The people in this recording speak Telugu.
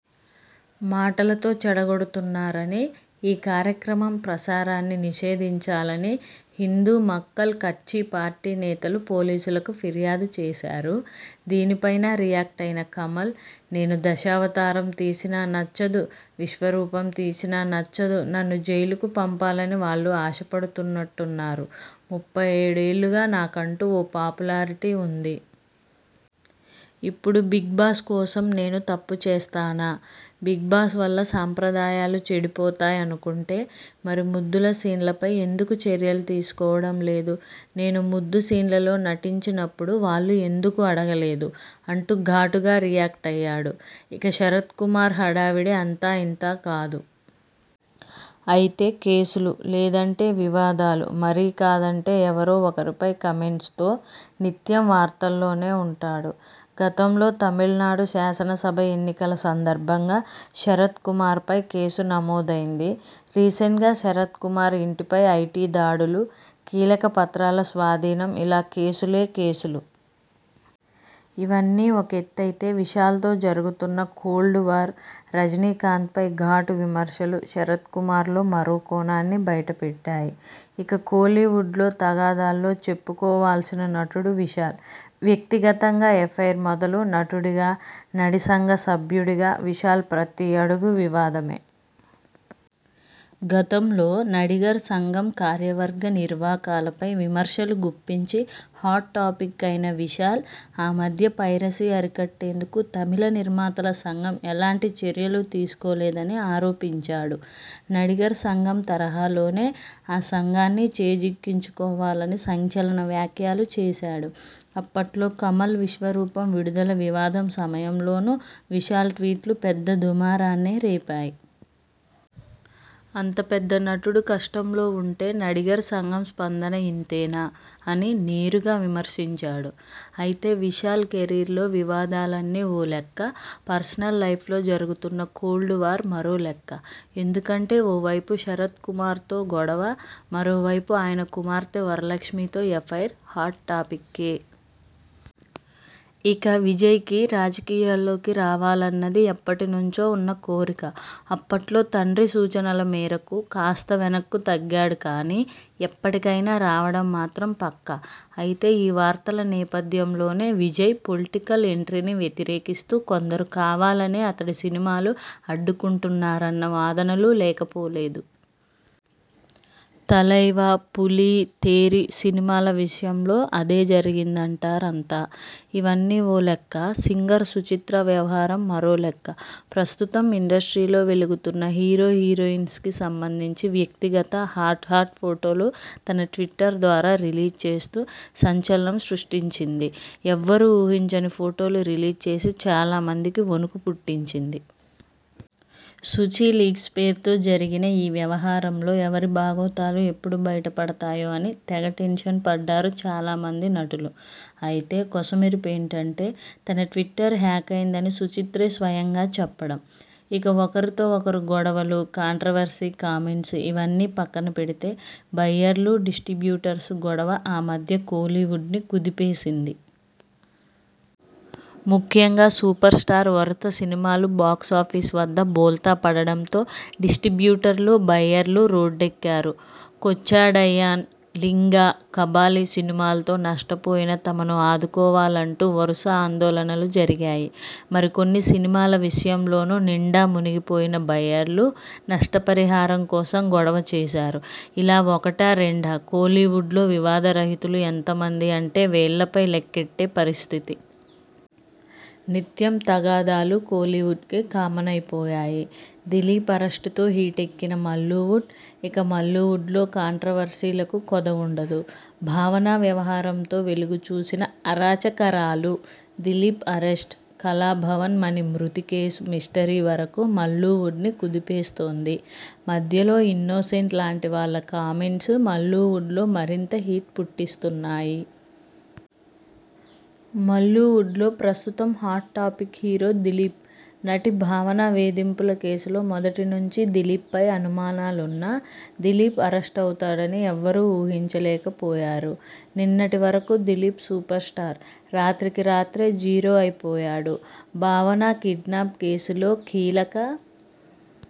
మాటలతో చెడగొడుతున్నారని, ఈ కార్యక్రమం ప్రసారాన్ని నిషేధించాలని హిందూ మక్కల్ కట్చి పార్టీ నేతలు పోలీసులకు ఫిర్యాదు చేశారు. దీని పైనా రియాక్టైన కమల్, నేను దశావతారం తీసినా నచ్చదు. విశ్వరూపం తీసినా నచ్చదు. నన్ను జైలుకి పంపాలని వాళ్లు ఆశపడుతున్నట్టున్నారు. ముప్పై ఏడు ఏళ్లుగా నాకంటూ ఓ పాపులారిటీ ఉంది. ఇప్పుడు బిగ్ బాస్ కోసం నేను తప్పు చేస్తానా? బిగ్ బాస్ వల్ల సంప్రదాయాలు చెడిపోతాయనుకుంటే మరి ముద్దుల సీన్ల పై ఎందుకు చర్యలు తీసుకోవడం లేదు, నేను ముద్దు సీన్లలో నటించినప్పుడు వాళ్లు ఎందుకు అడగలేదు? అంటూ ఘాటుగా రియాక్టయ్యాడు. ఇక శరత్ కుమార్ హడావుడి అంతా ఇంతా కాదు. అయితే కేసులు, లేదంటే వివాదాలు, మరీ కాదంటే ఎవరో ఒకరిపై కామెంట్స్ తో నిత్యం వార్తల్లోనే ఉంటాడు. గతంలో తమిళనాడు శాసన సభ ఎన్నికల సందర్భంగా శరత్ కుమార్ పై కేసు నమోదైంది. రీసెంట్గా శరత్ కుమార్ ఇంటి పై ఐటీ దాడులు, కీలక పత్రాల స్వాధీనం ఇలా కేసులే కేసులు. ఇవన్నీ ఒకెత్తైతే విశాల్తో జరుగుతున్న కోల్డ్ వార్, రజినీకాంత్ పై ఘాటు విమర్శలు శరత్ కుమార్లో మరో కోణాన్ని బయట పెట్టాయి. ఇక కోలీవుడ్లో తగాదాల్లో చెప్పుకోవాల్సిన నటుడు విశాల్. వ్యక్తిగతంగా ఎఫైర్ మొదలు నటుడిగా, నడి సంఘం సభ్యుడిగా విశాల్ ప్రతి అడుగు వివాదమే. గతంలో నడిగర్ సంఘం కార్యవర్గ నిర్వాకాలపై విమర్శలు గుప్పించి హాట్ టాపిక్ అయిన విశాల్ ఆ మధ్య పైరసీ అరికట్టేందుకు తమిళ నిర్మాతల సంఘం ఎలాంటి చర్యలు తీసుకోలేదని ఆరోపించాడు. నడిగర్ సంఘం తరహాలోనే ఆ సంఘాన్ని చేజిక్కించుకోవాలని సంచలన వ్యాఖ్యలు చేశాడు. అప్పట్లో కమల్ విశ్వరూపం విడుదల వివాదం సమయంలోనూ విశాల్ ట్వీట్లు పెద్ద దుమారాన్నే రేపాయ్. అంత పెద్ద నటుడు కష్టంలో ఉంటే నడిగర్ సంఘం స్పందన ఇంతేనా? అని నేరుగా విమర్శించాడు. అయితే విశాల్ కెరీర్లో వివాదాలన్నీ ఓ లెక్క పర్సనల్ లైఫ్లో జరుగుతున్న కోల్డ్ వార్ మరో లెక్క. ఎందుకంటే ఓ వైపు శరత్ కూమార్తో గొడవ, మరో వైపు ఆయన కుమార్తె వరలక్ష్మితో ఎఫైర్ హాట్ టాపిక్కే. ఇక విజయ్కి రాజకీయాల్లోకి రావాలన్నది ఎప్పటి నుంచో ఉన్న కోరిక. అప్పట్లో తండ్రి సూచనల మేరకు కాస్త వెనక్కు తగ్గాడు కానీ.. ఎప్పటికైనా రావడం మాత్రం పక్కా. అయితే ఈ వార్తల నేపథ్యం లోనే విజయ్ పొలిటికల్ ఎంట్రీని వ్యతిరేకిస్తూ కొందరు కావాలనే అతడి సినిమాలు అడ్డుకుంటున్నారన్న వాదనలూ లేకపోలేదు. తలైవా, పులి, తేరి సినిమాల విషయంలో అదే జరిగిందంటారంతా. ఇవన్నీ ఓలెక్క, సింగర్ సుచిత్ర వ్యవహారం మరోలెక్క. ప్రస్తుతం ఇండస్ట్రీలో వెలుగుతున్న హీరో, హీరోయిన్స్ కి సంబంధించి వ్యక్తి గత, హాట్ హాట్ ఫొటోలు తన ట్విట్టర్ ద్వారా రిలీజ్ చేస్తూ సంచలనం సృష్టించింది. ఎవ్వరూ ఊహించని ఫొటోలు రిలీజ్ చేసి చాలామందికి వణుకు పుట్టించింది. సుచీ లీక్స్ పేరుతో జరిగిన ఈ వ్యవహారంలో ఎవరి బాగోతాలు ఎప్పుడు బయట పడతాయో అని తెగ టెన్షన్ పడ్డారు చాలామంది నటులు. అయితే కొసమెరుపేంటంటే.. తన ట్విట్టర్ హ్యాక్ అయిందని సుచిత్రే స్వయంగా చెప్పడం. ఇక ఒకరితో ఒకరి గొడవలు, కాంట్రవర్శీ కామెంట్స్ ఇవన్నీ పక్కన పెడితే బయ్యర్లు-డిస్టిబ్యూటర్స్ గొడవ ఆ మధ్య కోలీవుడ్ను కుదిపేసింది. ముఖ్యంగా సూపర్ స్టార్ వరుత సినిమాలు బాక్సాఫీస్ వద్ద బోల్తా పడడంతో డిస్టిబ్యూటర్లు-బయ్యర్లు రోడ్డెక్కారు. కొచ్చాడయ్యాన్, లింగ, కబాలీ సినిమాలతో నష్టపోయిన తమను ఆదుకోవాలంటూ వరుస ఆందోళనలు జరిగాయి. మరికొన్ని సినిమాల విషయంలోనూ నిండా మునిగిపోయిన బయ్యర్లు నష్టపరిహారం కోసం గొడవ చేశారు. ఇలా ఒకటా, రెండా కోలీవుడ్లో వివాద రహితులు ఎంతమంది అంటే వేళ్లపై లెక్కెట్టే పరిస్థితి. నిత్యం తగాదాలు కోలీవుడ్కి కామన్ అయిపోయాయి. దిలీప్ అరెస్టుతో హీటెక్కిన మల్లూవుడ్ ఇక మల్లూవుడ్లో కాంట్రవర్సీలకు కొదవుండదు. భావన వ్యవహారంతో వెలుగు చూసిన అరాచకరాలు.. దిలీప్ అరెస్ట్, కళాభవన్ మణి మృతి కేసు మిస్టరీ వరకూ మల్లూవుడ్ని కుదిపేస్తోంది. మధ్యలో ఇన్నోసెంట్ లాంటి వాళ్ల కామెంట్స్ మల్లూవుడ్లో మరింత హీట్ పుట్టిస్తున్నాయి. మల్లూవుడ్లో ప్రస్తుతం హాట్ టాపిక్ హీరో దిలీప్. నటి భావన వేధింపుల కేసులో మొదటి నుంచీ దిలీప్పై అనుమానులున్నా.. దిలీప్ అరెస్టవుతాడని ఎవ్వరూ ఊహించలేక పోయారు. నిన్నటి వరకూ దిలీప్ సూపర్ స్టార్. రాత్రికి రాత్రే జీరో అయిపోయాడు. భావన కిడ్నాప్ కేసులో కీలక